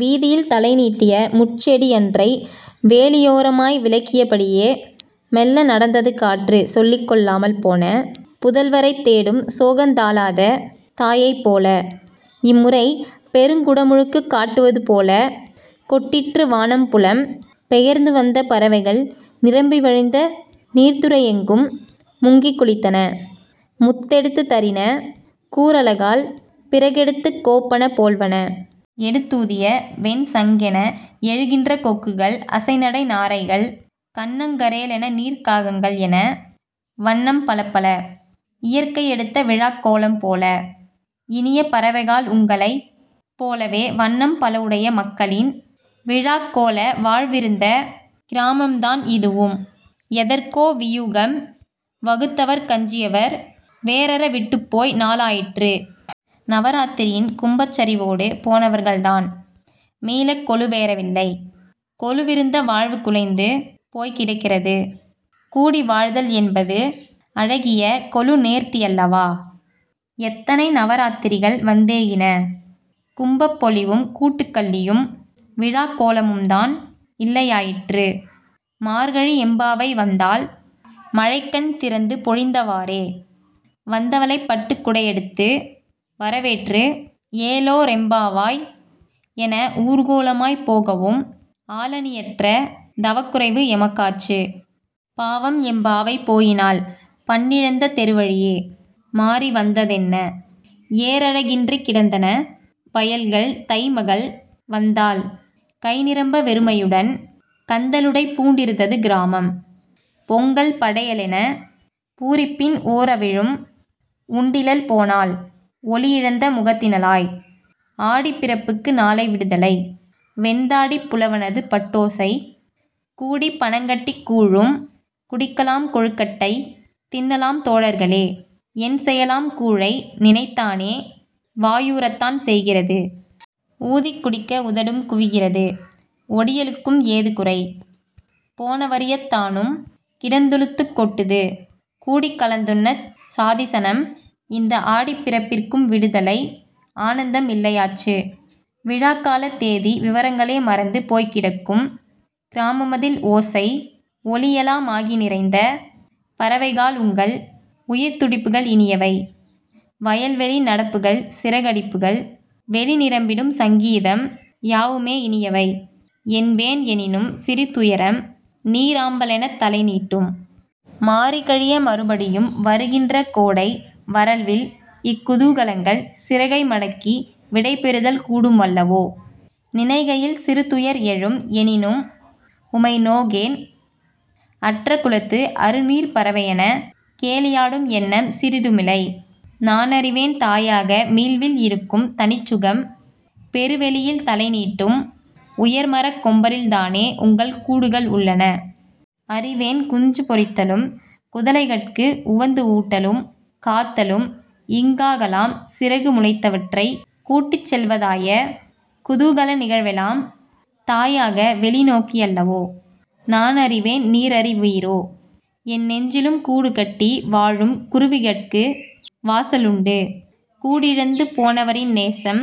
வீதியில் தலைநீட்டிய முட்செடியன்றை வேலியோரமாய் விலக்கியபடியே। மெல்ல நடந்தது காற்று சொல்லிக் கொள்ளாமல் போன புதல்வரைத் தேடும் சோகந் தாளாத தாயைப் போல. இம்முறை பெருங்குடமுழுக்குக் காட்டுவது போல கொட்டிற்று வானம் புலம் பெயர்ந்து வந்த பறவைகள் நிரம்பி வழிந்த நீர்த்துறையெங்கும் முங்கிக் குளித்தன; முத்தெடுத்துதறின கூரலகால் பிறகெடுத்துக் கோப்பன போல்வன. எடுத்தூதிய வெண்சங்கென எழுகின்ற கொக்குகள் அசை நடை நாரைகள், கன்னங்கரேலென நீர்க்காகங்கள் என வண்ணம் பலப்பல- இயற்கையெடுத்த விழாக் கோலம் போல. இனிய பறவைகாள் உங்களைப் போலவே வண்ணம் பலவுடைய மக்களின் விழாக் கோல வாழ்விருந்த கிராமம்தான் இதுவும். எதற்கோ வியூகம் வகுத்தவர்க்கஞ்சியவர் வேரற விட்டுப் போய் நாளாயிற்று. நவராத்திரியின் கும்பச்சரிவோடு போனவர்கள்தான் மீளக் கொலுவேறவில்லை கொலுவிருந்த வாழ்வு குலைந்து போய்க் கிடக்கிறது. கூடி வாழ்தல் என்பது அழகிய கொலுநேர்த்தியல்லவா? எத்தனை நவராத்திரிகள் வந்தேகின. கும்பப் பொலிவும், கூட்டுக்களியும், விழாக் கோலமும்தான் இல்லையாயிற்று. மார்கழி எம்பாவை வந்தாள் மழைக்கண் திறந்து பொழிந்தவாறே. வந்தவளை பட்டுக் குடையெடுத்து வரவேற்று "ஏலோரெம்பாவாய்"என ஊர்கோலமாய்ப் போகவும் ஆளணியற்ற தவக்குறைவு எமக்காச்சு. பாவம் எம் பாவை போயினாள் பண்ணிழந்த தெருவழியே. மாரி வந்ததென்ன? ஏரழகின்றிக் கிடந்தன வயல்கள் தை மகள் வந்தாள். கைநிரம்ப வெறுமையுடன் கந்தலுடை பூண்டிருந்தது கிராமம். பொங்கல், படையலென பூரிப்பின் ஓரவிழும் உண்டிலள் போனாள் ஒளியிழந்த முகத்தினளாய். "ஆடிப்பிறப்புக்கு நாளை விடுதலை" வெண்தாடிப் புலவனது பாட்டோசை "கூடிப் பனங்கட்டிக் கூழும் குடிக்கலாம் கொழுக்கட்டை தின்னலாம் தோழர்களே" என் செயலாம் கூழை நினைத்தானே வாயூறத்தான் செய்கிறது. ஊதிக் குடிக்க உதடும் குவிகிறது. ஒடியலுக்கும் ஏது குறை? போனவரியத்தானும் கிடந்துளுத்துக் கொட்டுது. கூடிக்கலந்துண்ணச் சாதிசனம்? இந்த ஆடிப் பிறப்பிற்கும் விடுதலை ஆனந்தம் இல்லையாச்சு. விழாக்காலத் தேதி விவரங்களே மறந்து போய்க் கிடக்கும் கிராமமிதில் ஓசை, ஒலியெலாமாகி நிறைந்த பறவைகாள் உங்கள் உயிர்த்துடிப்புகள் இனியவை. வயல்வெளி நடப்புகள், சிறகடிப்புகள், வெளிநிரம்பிடும் சங்கீதம், யாவுமே இனியவை என்பேன் எனினும் சிறு துயரம் நீராம்பலெனத் தலைநீட்டும். மாரிகழிய மறுபடியும் வருகின்ற கோடை வறள்வில் இக் குதூகலங்கள் சிறகை மடக்கி விடைபெறுதல் கூடும் அல்லவோ, நினைகையில் சிறுதுயர் எழும் எனினும் உமை நோகேன் அற்ற குளத்து அறுநீர்ப்பறவையென கேலியாடும் எண்ணம் சிறிதுமிலை. நானறிவேன் தாயக மீள்வில் இருக்கும் தனிச்சுகம். பெரு வெளியில் தலைநீட்டும் உயர்மரக் கொம்பரில்தானே உங்கள் கூடுகள் உள்ளன. அறிவேன் குஞ்சு பொரித்தலும், குதலைகட்கு உவந்து ஊட்டலும், காத்தலும், இங்காகலாம் சிறகு முளைத்தவற்றை கூட்டிச்செல்வதாய குதூகல நிகழ்வெலாம் தாயாக வெளிநோக்கியல்லவோ நானறிவேன் நீரறிவீரோ என் நெஞ்சிலும் கூடு கட்டி வாழும் குருவிகட்கு வாசலுண்டு கூடிழந்து போனவரின் நேசம்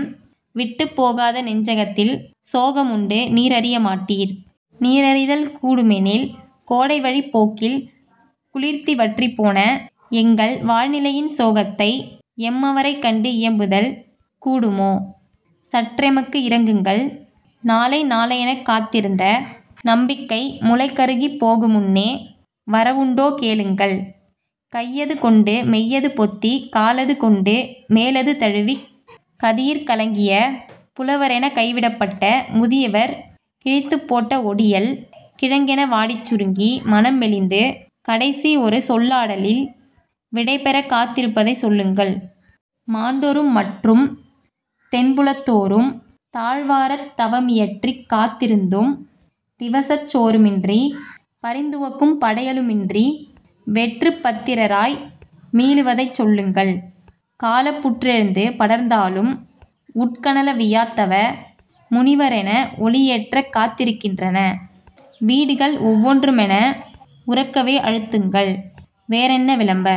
விட்டுப் போகாத நெஞ்சகத்தில் சோகமுண்டு நீரறிய மாட்டீர். நீரறிதல் கூடுமெனில் கோடைவழிப் போக்கில் குளிர்த்தி வற்றிப்போன எங்கள் வாழ்நிலையின் சோகத்தை எம்மவரைக் கண்டு இயம்புதல் கூடுமோ? சற்றெமக்கு இரங்குங்கள் நாளை நாளையெனக் காத்திருந்த நம்பிக்கை முளைகருகிப் போகுமுன்னே வரவுண்டோ கேளுங்கள். "கையது கொண்டு மெய்யது பொத்தி காலது கொண்டு மேலது தழுவிக்" கதியிற் கலங்கிய புலவரென கைவிடப்பட்ட முதியவர் கிழித்துப் போட்ட ஒடியல் கிழங்கென வாடிச் சுருங்கி மனம் மெலிந்து கடைசி ஒரு சொல்லாடலில் விடைபெறக் காத்திருப்பதை சொல்லுங்கள். மாண்டோரும் மற்றும் தென்புலத்தோரும் தாழ்வாரத் தவமியற்றிக் காத்திருந்தும் திவசச் சோறுமின்றி, பரிந்துவக்கும் படையலுமின்றி வெற்றுப் பாத்திரராய் மீளுவதைச் சொல்லுங்கள் காலப்புற்றெழுந்து படர்ந்தாலும் உட்கனலவியாத் தவ முனிவரென ஒளியேற்றக் காத்திருக்கின்றன வீடுகள் ஒவ்வொன்றுமென உரக்கவே அழுத்துங்கள். வேறென்ன விளம்ப